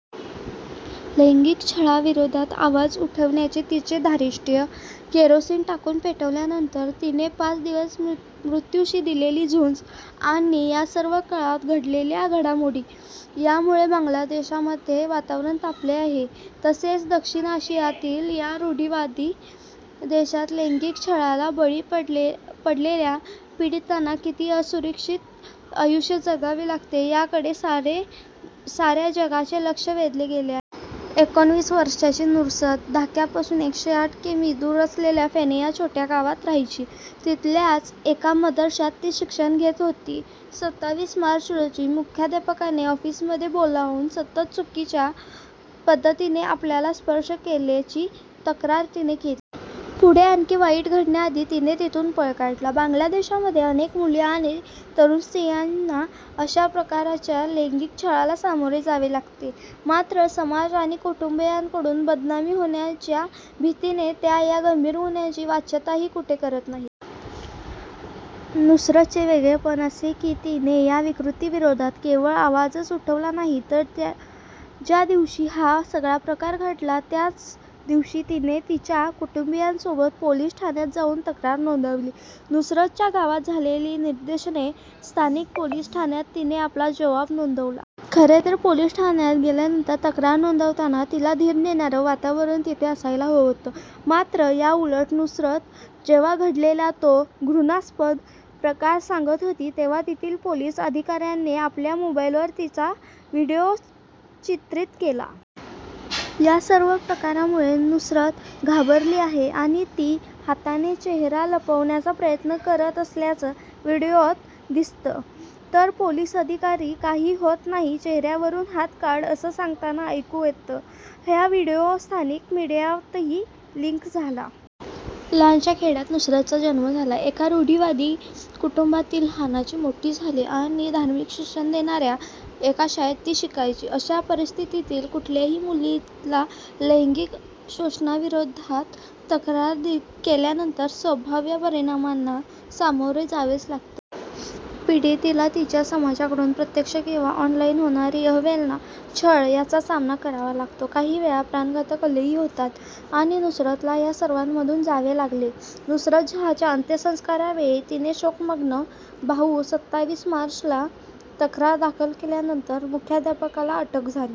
लैंगिक छळाविरोधात आवाज उठवण्याचे तिचे धारिष्ट्य, केरोसीन टाकून पेटवल्यानंतर तिने पाच दिवस मृ मृत्यूशी दिलेली झुंज आणि या सर्व काळात घडलेल्या घडामोडी, यामुळे बांगलादेशामध्ये वातावरण तापले आहे. तसेच दक्षिण आशियातील या रूढिवादी देशात लैंगिक छळाला बळी पडले पडलेल्या पीडितांना किती असुरक्षित आयुष्य जगावे लागते, याकडे सारे साऱ्या जगाचे लक्ष वेधले गेले आहे. एकोणविस वर्षांची नुरसत ढाक्यापासून एकशे साठ किमी दूर असलेल्या फेनी या छोट्या गावात राहायची. तिथल्याच एका मदरशात ती शिक्षण घेत होती. सताविस मार्च रोजी मुख्याध्यापकाने ऑफिसमध्ये बोलावून सतत चुकीच्या पद्धतीने आपल्याला स्पर्श केल्याची तक्रार तिने केली. पुढे आणखी वाईट घडण्याआधी तिने तिथून पळ काढला. बांगलादेशामध्ये अनेक मुली आणि तरुण स्त्रियांना अशा प्रकाराच्या लैंगिक छळाला सामोरे जावे लागते. मात्र समाज आणि कुटुंबीयांकडून बदनामी होण्याच्या भीतीने त्या या गंभीर गुन्ह्याची वाच्यताही कुठे करत नाहीत. नुसरतचे वेगळेपण असे की तिने या विकृतीविरोधात केवळ आवाजच उठवला नाही तर त्या ज्या दिवशी हा सगळा प्रकार घडला त्याच दिवशी तिने तिच्या कुटुंबीयांसोबत पोलीस ठाण्यात जाऊन तक्रार नोंदवली. नुसरतच्या गावात झालेली निदर्शने स्थानिक पोलीस ठाण्यात तिने आपला जबाब नोंदवला. खरेतर पोलीस ठाण्यात गेल्यानंतर तक्रार नोंदवताना तिला धीर देणारं वातावरण तिथे असायला हवं होतं. मात्र, याउलट नुसरत जेव्हा घडलेला तो घृणास्पद प्रकार सांगत होती तेव्हा तेथील पोलीस अधिकाऱ्याने आपल्या मोबाईलवर तिचा व्हिडिओ चित्रित केला. या सर्व प्रकारामुळे नुसरत घाबरली आहे आणि ती हाताने चेहरा लपवण्याचा प्रयत्न करत असल्याचं व्हिडिओत दिसतं. तर पोलीस अधिकारी काही होत नाही, चेहऱ्यावरून हात काढ, असं सांगताना ऐकू येतं. हा व्हिडिओ स्थानिक मीडियातही लिंक झाला. लहानशा खेड्यात नुसरतचा जन्म झाला. एका रूढिवादी कुटुंबात ती लहानाची मोठी झाली आणि धार्मिक शिक्षण देणाऱ्या एका शाळेत ती शिकायची. अशा परिस्थितीतील कुठल्याही मुलीला लैंगिक शोषणाविरोधात तक्रार केल्यानंतर संभाव्य परिणामांना सामोरे जावेच लागते. पीडितेला तिच्या समाजाकडून प्रत्यक्ष किंवा ऑनलाईन होणारी अवहेलना, छळ याचा सामना करावा लागतो. काही वेळा प्राणघातक हल्लेही होतात आणि नुसरतला या सर्वांमधून जावे लागले. नुसरत जहाँच्या अंत्यसंस्कारावेळी तिने शोकमग्न भाऊ सताविस मार्चला तक्रार दाखल केल्यानंतर मुख्याध्यापकाला अटक झाली.